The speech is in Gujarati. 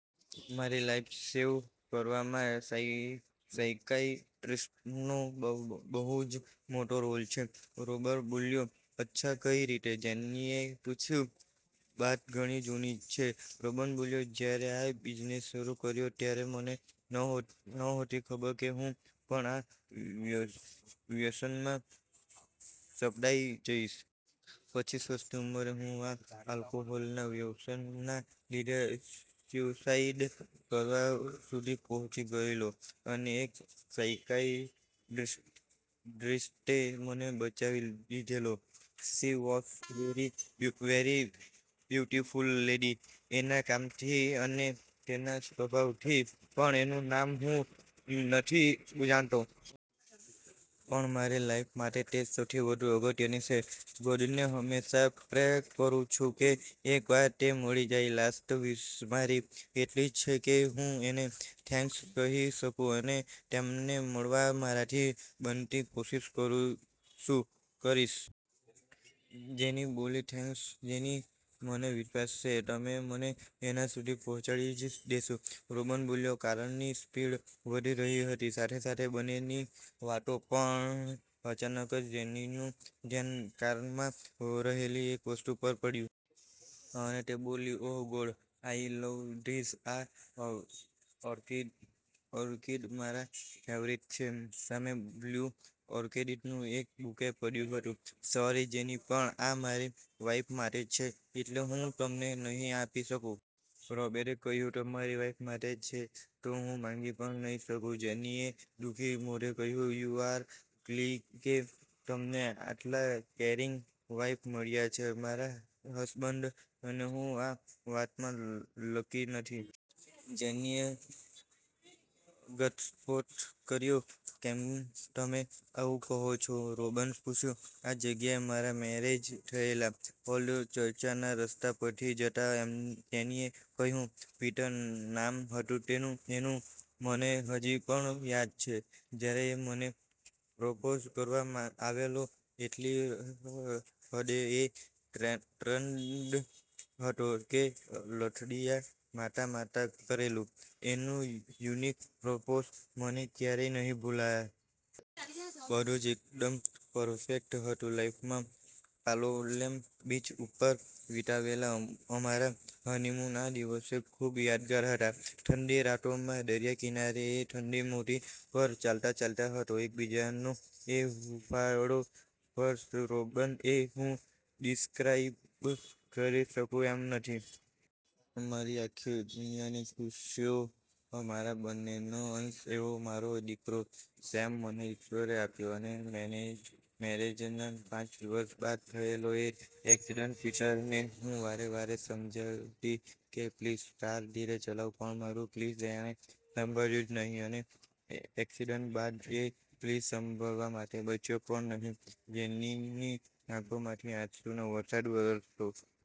મારી લાઈફ સેવ કરવામાં સાયકાયટ્રિસ્ટનો બહુ જ મોટો રોલ છે. રૉબર્ટ બોલ્યો. "અચ્છા કઈ રીતે?" જેનીએ પૂછ્યું. "વાત ઘણી જૂની છે!" રૉબર્ટ બોલ્યો. "જ્યારે આ બિઝનેસ શરૂ કર્યો ત્યારે મને નહોતી ખબર કે હું પણ આ વ્યસનમાં સપડાઈ જઈશ. પચ્ચીસ વર્ષની ઉંમરે હું આ આલ્કોહોલના વ્યસનના લીધે સ્યુસાઇડ કરવા સુધી પહોંચી ગયેલો અને એક સાઇકાયટ્રિસ્ટે મને બચાવી લીધેલો. She was very beautiful lady. એના કામથી અને એના સ્વભાવથી, પણ એનું નામ હું નથી જાણતો. પણ મારી લાઈફ માટે તે સૌથી વધુ અગત્યની છે. ગોડને હંમેશા પ્રે કરૂ છુ કે એક વાર તે મળી જાય. લાસ્ટ વિશ મારી એટલીજ છે કે હું એને થેન્ક્સ કહી શકુ." "એને તમને મળાવવા મારાથી બનતી કોશિશ હું કરીશ." જેની બોલી. "થેન્ક્સ જેની, મને વિશ્વાસ છે તમે મને એના સુધી પહોંચાડી જ દેશો." રૉબર્ટ બોલ્યો. કારની સ્પીડ વધી રહી હતી, સાથે-સાથે બંનેની વાતો પણ. અચાનક જ જેનીનું ધ્યાન કારમાં રહેલી એક વસ્તુ પર પડ્યું. અને તે બોલી, "oh God, I love this. આ ઓર્કિડ મારા ફેવરિટ છે." સામે બ્લૂ ઓર્કિડનું એક બુકે પડ્યું હતું. "સોરી જેની, પણ આ મારી વાઇફ માટે છે, એટલે હું તમને નહીં આપી શકુ." રૉબર્ટે કહ્યું. "તમારી વાઇફ માટે છે તો હું માંગી પણ નઈ શકું!" જેનીએ દુઃખી મોઢે કહ્યું, "યુ આર લકી કે તમને આટલા કેરિંગ વાઈફ મળ્યા છે. મારા હસબન્ડ અને હું આ વાતમાં લકી નથી!" જેની એ ઘટસ્ફોટ કર્યો. "કેમ તમે આવું કહો છો?" રૉબર્ટે પૂછ્યું. "આ જગ્યાએ મારા મેરેજ થયેલા." ઓલ્ડ ચર્ચના રસ્તા પરથી જતા જેનીએ કહ્યું. "પીટર નામ હતું એનું. મને હજી પણ યાદ છે જ્યારે એ મને પ્રપોઝ કરવા આવેલો, એટલી હદે એ ડ્રન્ક હતો કે લથડીયા મારતા-મારતા કરેલું, એનું યુનિક પ્રપોસ મને ક્યારેય નહીં ભુલાય. બધું જ એકદમ પરફેક્ટ હતું લાઇફમાં. પાલોલેમ બિચ ઉપર વિતાવેલા અમારા 'હનીમૂન' ના દિવસો ખૂબ યાદગાર હતા. ઠંડી રાતોમાં દરિયાકિનારે એ ઠંડી માટી પર ચાલતા-ચાલતા થતો એકબીજાનો એ હૂંફાળો સ્પર્શ રૉબર્ટ એ હું ડિસ્ક્રાઈબ કરી શકુ તેમ નથી. અમારી આખી દુનિયાની ખુશીઓ, અમારા બંનેનો અંશ એવો મારો દિકરો સેમ મને ઈશ્વરે આપ્યો. અને મેરેજના પાંચ વર્ષ બાદ થયેલો એ એકસીડન્ટ! પીટરને હું વારે-વારે સમજાવતી કે, પ્લીઝ કાર ધીરે ચલાવ. પણ મારુ પ્લીઝ એણે સાંભળ્યું જ નહીં, અને એક્સિડન્ટ બાદ એ પ્લીઝ સાંભળવા માટે બચ્યો પણ નહીં." જેનીની આંખોમાંથી આંસુઓનો વરસાદ વરસતો